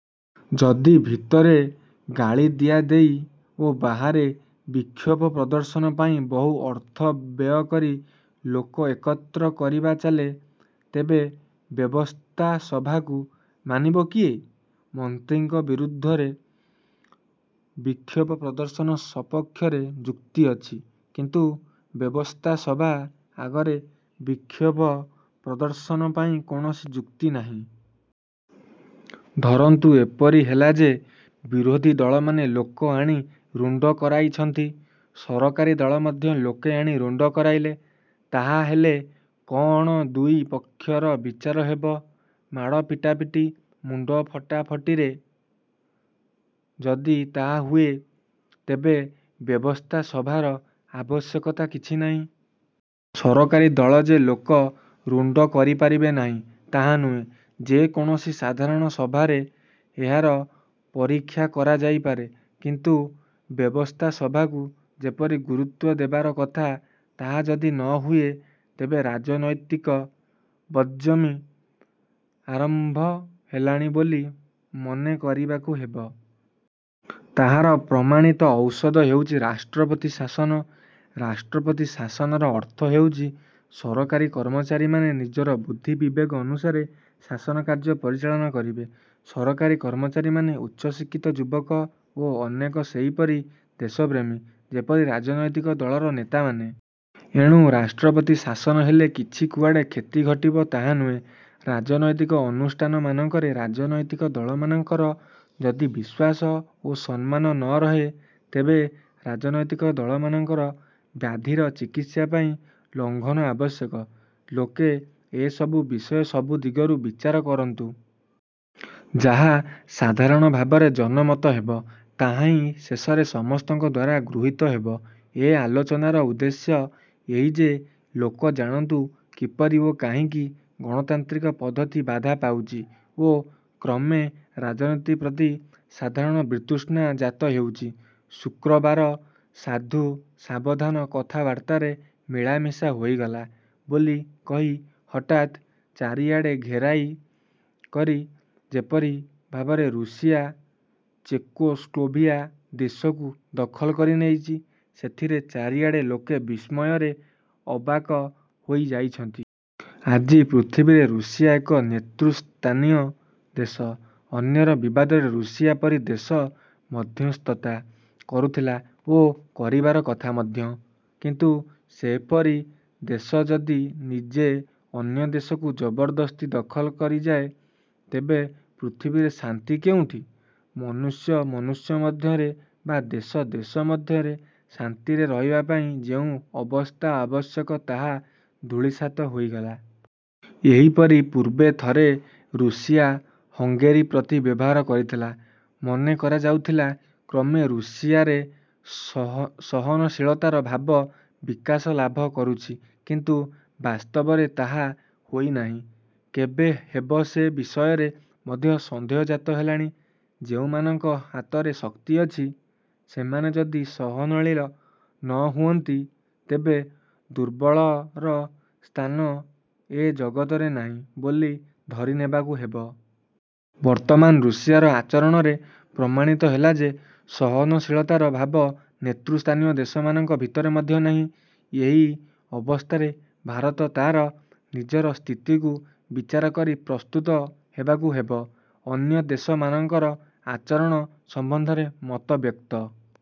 ଯଦି ଭିତରେ ଗାଳି ଦିଆଦେଇ ଓ ବାହାରେ ବିକ୍ଷୋଭ ପ୍ରଦର୍ଶନ ପାଇଁ ବହୁ ଅର୍ଥ ବ୍ୟୟକରି ଲୋକ ଏକତ୍ର କରିବା ଚାଲେ, ତେବେ ବ୍ୟବସ୍ଥାସଭାକୁ ମାନିବ କିଏ? ମନ୍ତ୍ରୀଙ୍କ ବିରୋଧରେ ବିକ୍ଷୋଭ ପ୍ରଦର୍ଶନ ସପକ୍ଷରେ ଯୁକ୍ତି ଅଛି; କିନ୍ତୁ ବ୍ୟବସ୍ଥାସଭା ଆଗରେ ବିକ୍ଷୋଭ ପ୍ରଦର୍ଶନ ପାଇଁ କୌଣସି ଯୁକ୍ତି ନାହିଁ। ଧରନ୍ତୁ ଏପରି ହେଲା ଯେ ବିରୋଧୀ ଦଳମାନେ ଲୋକ ଆଣି ରୁଣ୍ଡ କରାଇଛନ୍ତି। ସରକାରୀ ଦଳ ମଧ୍ୟ ଲୋକ ଆଣି ରୁଣ୍ଡ କରାଇଲେ। ତାହାହେଲେ କଅଣ ଦୁଇ ପକ୍ଷର ବିଚାର ହେବ ମାଡ଼ପିଟାପିଟି, ମୁଣ୍ଡ ଫଟାଫଟିରେ? ଯଦି ତାହା ହୁଏ, ତେବେ ବ୍ୟବସ୍ଥାସଭାର ଆବଶ୍ୟକତା କିଛି ନାହିଁ। ସରକାରୀ ଦଳ ଯେ ଲୋକ ରୁଣ୍ଡ କରିପାରିବେ ନାହିଁ ତାହା ନୁହେଁ। ଯେ କୌଣସି ସାଧାରଣ ସଭାରେ ଏହାର ପରୀକ୍ଷା କରାଯାଇ ପାରେ; କିନ୍ତୁ ବ୍ୟବସ୍ଥାସଭାକୁ ଯେପରି ଗୁରୁତ୍ୱ ଦେବାର କଥା ତାହା ଯଦି ନହୁଏ, ତେବେ ରାଜନୈତିକ ବଦ୍ହଜମି ଆରମ୍ଭ ହେଲାଣି ବୋଲି ମନେ କରିବାକୁ ହେବ। ତାହାର ପ୍ରମାଣିତ ଔଷଧ ହେଉଛି ରାଷ୍ଟ୍ରପତି ଶାସନ। ରାଷ୍ଟ୍ରପତି ଶାସନର ଅର୍ଥ ହେଉଛି ସରକାରୀ କର୍ମଚାରୀମାନେ ନିଜର ବୁଦ୍ଧି ବିବେକ ଅନୁସାରେ ଶାସନ କାର୍ଯ୍ୟ ପରିଚାଳନା କରିବେ। ସରକାରୀ କର୍ମଚାରୀମାନେ ଉଚ୍ଚ ଶିକ୍ଷିତ ଯୁବକ ଓ ଅନେକ ସେହିପରି ଦେଶପ୍ରେମୀ ଯେପରି ରାଜନୈତିକ ଦଳର ନେତାମାନେ। ଏଣୁ ରାଷ୍ଟ୍ରପତି ଶାସନ ହେଲେ କିଛି କୁଆଡ଼େ କ୍ଷତି ଘଟିବ, ତାହା ନୁହେଁ। ରାଜନୈତିକ ଅନୁଷ୍ଠାନମାନଙ୍କରେ ରାଜନୈତିକ ଦଳମାନଙ୍କର ଯଦି ବିଶ୍ୱାସ ଓ ସମ୍ମାନ ନରହେ, ତେବେ ରାଜନୈତିକ ଦଳମାନଙ୍କର ବ୍ୟାଧିର ଚିକିତ୍ସା ପାଇଁ ଲଂଘନ ଆବଶ୍ୟକ। ଲୋକେ ଏସବୁ ବିଷୟ ସବୁ ଦିଗରୁ ବିଚାର କରନ୍ତୁ। ଯାହା ସାଧାରଣ ଭାବରେ ଜନମତ ହେବ, ତାହା ହିଁ ଶେଷରେ ସମସ୍ତଙ୍କଦ୍ୱାରା ଗୃହୀତ ହେବ। ଏ ଆଲୋଚନାର ଉଦ୍ଦେଶ୍ୟ ଏହି ଯେ ଲୋକ ଜାଣନ୍ତୁ କିପରି ଓ କାହିଁକି ଗଣତାନ୍ତ୍ରିକ ପଦ୍ଧତି ବାଧାପାଉଛି ଓ କ୍ରମେ ରାଜନୀତି ପ୍ରତି ସାଧାରଣ ବିତୃଷ୍ଣା ଜାତହେଉଛି। ଶୁକ୍ରବାର ସାଧୁ ସାବଧାନ କଥାବାର୍ତ୍ତାରେ ମିଳାମିଶା ହୋଇଗଲା ବୋଲି କହି ହଠାତ୍ ଚାରିଆଡ଼େ ଘେରାଉ କରି ଯେପରି ଭାବରେ ରୁଷିଆ ଚେକୋସ୍ଲୋଭାକିଆ ଦେଶକୁ ଦଖଲ କରିନେଇଛି, ସେଥିରେ ଚାରିଆଡ଼େ ଲୋକେ ବିସ୍ମୟରେ ଅବାକ ହୋଇ ଯାଇଛନ୍ତି। ଆଜି ପୃଥିବୀରେ ରୁଷିଆ ଏକ ନେତୃ ସ୍ଥାନୀୟ ଦେଶ। ଅନ୍ୟର ବିବାଦରେ ରୁଷିଆ ପରି ଦେଶ ମଧ୍ୟସ୍ଥତା କରୁଥିଲା ଓ କରିବାର କଥା ମଧ୍ୟ; କିନ୍ତୁ ସେପରି ଦେଶ ଯଦି ନିଜେ ଅନ୍ୟ ଦେଶକୁ ଜବରଦସ୍ତି ଦଖଲ କରିଯାଏ, ତେବେ ପୃଥିବୀରେ ଶାନ୍ତି କେଉଁଠି। ମନୁଷ୍ୟ ମନୁଷ୍ୟ ମଧ୍ୟରେ ବା ଦେଶ ଦେଶ ମଧ୍ୟରେ ଶାନ୍ତିରେ ରହିବାପାଇଁ ଯେଉଁ ଅବସ୍ଥା ଆବଶ୍ୟକ ତାହା ଧୂଳିସାତ ହୋଇଗଲା। ଏହିପରି ପୂର୍ବେ ଥରେ ରୁଷିଆ ହଙ୍ଗେରି ପ୍ରତି ବ୍ୟବହାର କରିଥିଲା। ମନେ କରାଯାଉଥିଲା, କ୍ରମେ ରୁଷିଆରେ ସହନଶୀଳତାର ଭାବ ବିକାଶ ଲାଭ କରୁଛି; କିନ୍ତୁ ବାସ୍ତବରେ ତାହା ହୋଇନାହିଁ। କେବେ ହେବ ସେ ବିଷୟରେ ମଧ୍ୟ ସନ୍ଦେହଜାତ ହେଲାଣି। ଯେଉଁମାନଙ୍କ ହାତରେ ଶକ୍ତି ଅଛି, ସେମାନେ ଯଦି ସହନଶୀଳ ନ ହୁଅନ୍ତି, ତେବେ ଦୁର୍ବଳର ସ୍ଥାନ ଏ ଜଗତରେ ନାହିଁ ବୋଲି ଧରିନେବାକୁ ହେବ। ବର୍ତ୍ତମାନ ରୁଷିଆର ଆଚରଣରେ ପ୍ରମାଣିତ ହେଲା ଯେ ସହନଶୀଳତାର ଭାବ ନେତୃସ୍ଥାନୀୟ ଦେଶମାନଙ୍କ ଭିତରେ ମଧ୍ୟ ନାହିଁ। ଏପରି ଅବସ୍ଥାରେ ଭାରତ ତା'ର ନିଜର ସ୍ଥିତିକୁ ବିଚାରକରି ପ୍ରସ୍ତୁତ ହେବାକୁ ହେବ। ଅନ୍ୟ ଦେଶମାନଙ୍କର ଆଚରଣ ସମ୍ବନ୍ଧରେ ମତବ୍ୟକ୍ତ